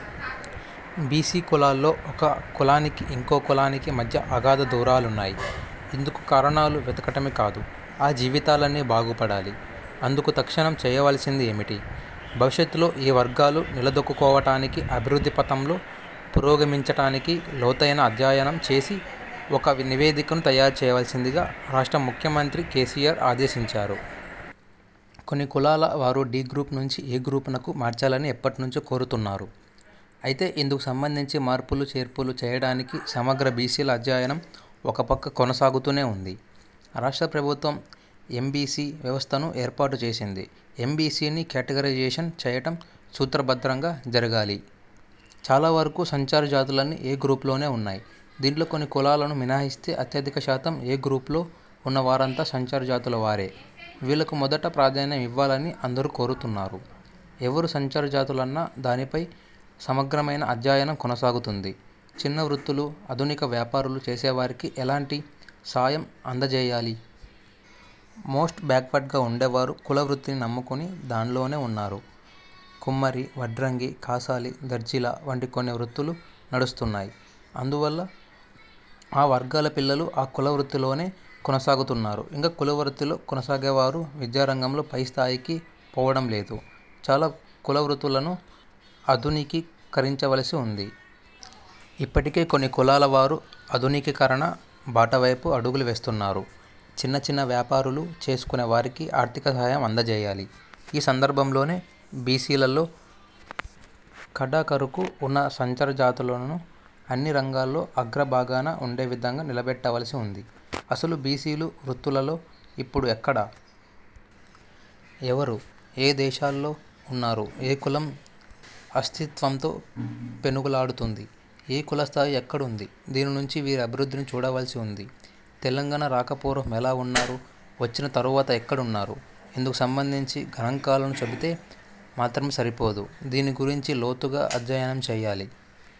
BC కులాల్లో ఒక కులానికి ఇంకో కులానికి మధ్య అగాధ దూరాలున్నాయి. ఇందుకు కారణాలు వెతకటమే కాదు, ఆ జీవితాలన్నీ బాగుపడాలి. అందుకు తక్షణం చేయవల్సింది ఏమిటి? భవిష్యత్లో ఈ వర్గాలు నిలదొక్కుకోవటానికి, అభివృద్ధి పథంలో పురోగమించటానికి లోతైన అధ్యయనం చేసి ఒక నివేదికను తయారు చేయవల్సిందిగా రాష్ట్ర ముఖ్యమంత్రి కేసీఆర్ ఆదేశించారు. కొన్ని కులాల వారు డీ గ్రూప్ నుంచి ఏ గ్రూపునకు మార్చాలని ఎప్పట్నించో కోరుతున్నారు. అయితే ఇందుకు సంబంధించి మార్పులు చేర్పులు చేయడానికి సమగ్ర బీసీల అధ్యయనం ఒక పక్క కొనసాగుతూనే ఉంది. రాష్ట్ర ప్రభుత్వం ఎంబీసీ వ్యవస్థను ఏర్పాటు చేసింది. ఎంబీసీని క్యాటగిరైజేషన్ చేయటం సూత్రబద్ధంగా జరగాలి. చాలా వరకు సంచారజాతులన్నీ 'ఏ' గ్రూపులోనే ఉన్నాయి. దీంట్లో కొన్ని కులాలను మినహాయిస్తే అత్యధిక శాతం 'ఏ' గ్రూపులో ఉన్న వారంతా సంచారజాతులవారే. వీళ్లకు మొదటి ప్రాధాన్యం ఇవ్వాలని అందరూ కోరుతున్నారు. ఎవరు సంచారజాతులన్న దానిపై సమగ్రమైన అధ్యయనం కొనసాగుతుంది. చిన్న వృత్తులు, ఆధునిక వ్యాపారాలు చేసేవారికి ఎలాంటి సాయం అందజేయాలి. మోస్ట్ బ్యాక్వర్డ్గా ఉండేవారు కులవృత్తిని నమ్ముకొని దాన్లోనే ఉన్నారు. కుమ్మరి, వడ్రంగి, కంసాలి, దర్జీల వంటి కొన్ని వృత్తులు నడుస్తున్నాయి. అందువల్ల ఆ వర్గాల పిల్లలు ఆ కులవృత్తిలోనే కొనసాగుతున్నారు. ఇలా కులవృత్తుల్లో కొనసాగేవారు విద్యారంగంలో పైస్థాయికి పోవడం లేదు. చాలా కులవృత్తులను ఆధునికీకరించవల్సి ఉంది. ఇప్పటికే కొన్ని కులాల వారు ఆధునికీకరణ బాటవైపు అడుగులు వేస్తున్నారు. చిన్నచిన్న వ్యాపారాలు చేసుకునే వారికి ఆర్థిక సాయం అందజేయాలి. ఈ సందర్భంలోనే బీసీలలో కడాఖరుకు ఉన్న సంచారజాతులను అన్ని రంగాల్లో అగ్రభాగాన ఉండే విధంగా నిలబెట్టవల్సి ఉంది. అసలు బీసీలు వృత్తుల్లో ఇప్పుడు ఎక్కడ? ఎవరు? ఏ దశలో ఉన్నారు? ఏ కులం అస్తిత్వంతో పెనుగులాడుతుంది. ఏ కుల స్థాయి ఎక్కడుంది? దీని నుంచి వీరి అభివృద్ధిని చూడవల్సి ఉంది. తెలంగాణ రాకపూర్వం ఎలా ఉన్నారు? వచ్చిన తర్వాత ఎక్కడున్నారు? ఇందుకు సంబంధించి గణాంకాలను చెబితే మాత్రమే సరిపోదు. దీని గురించి లోతుగా అధ్యయనం చేయాలి.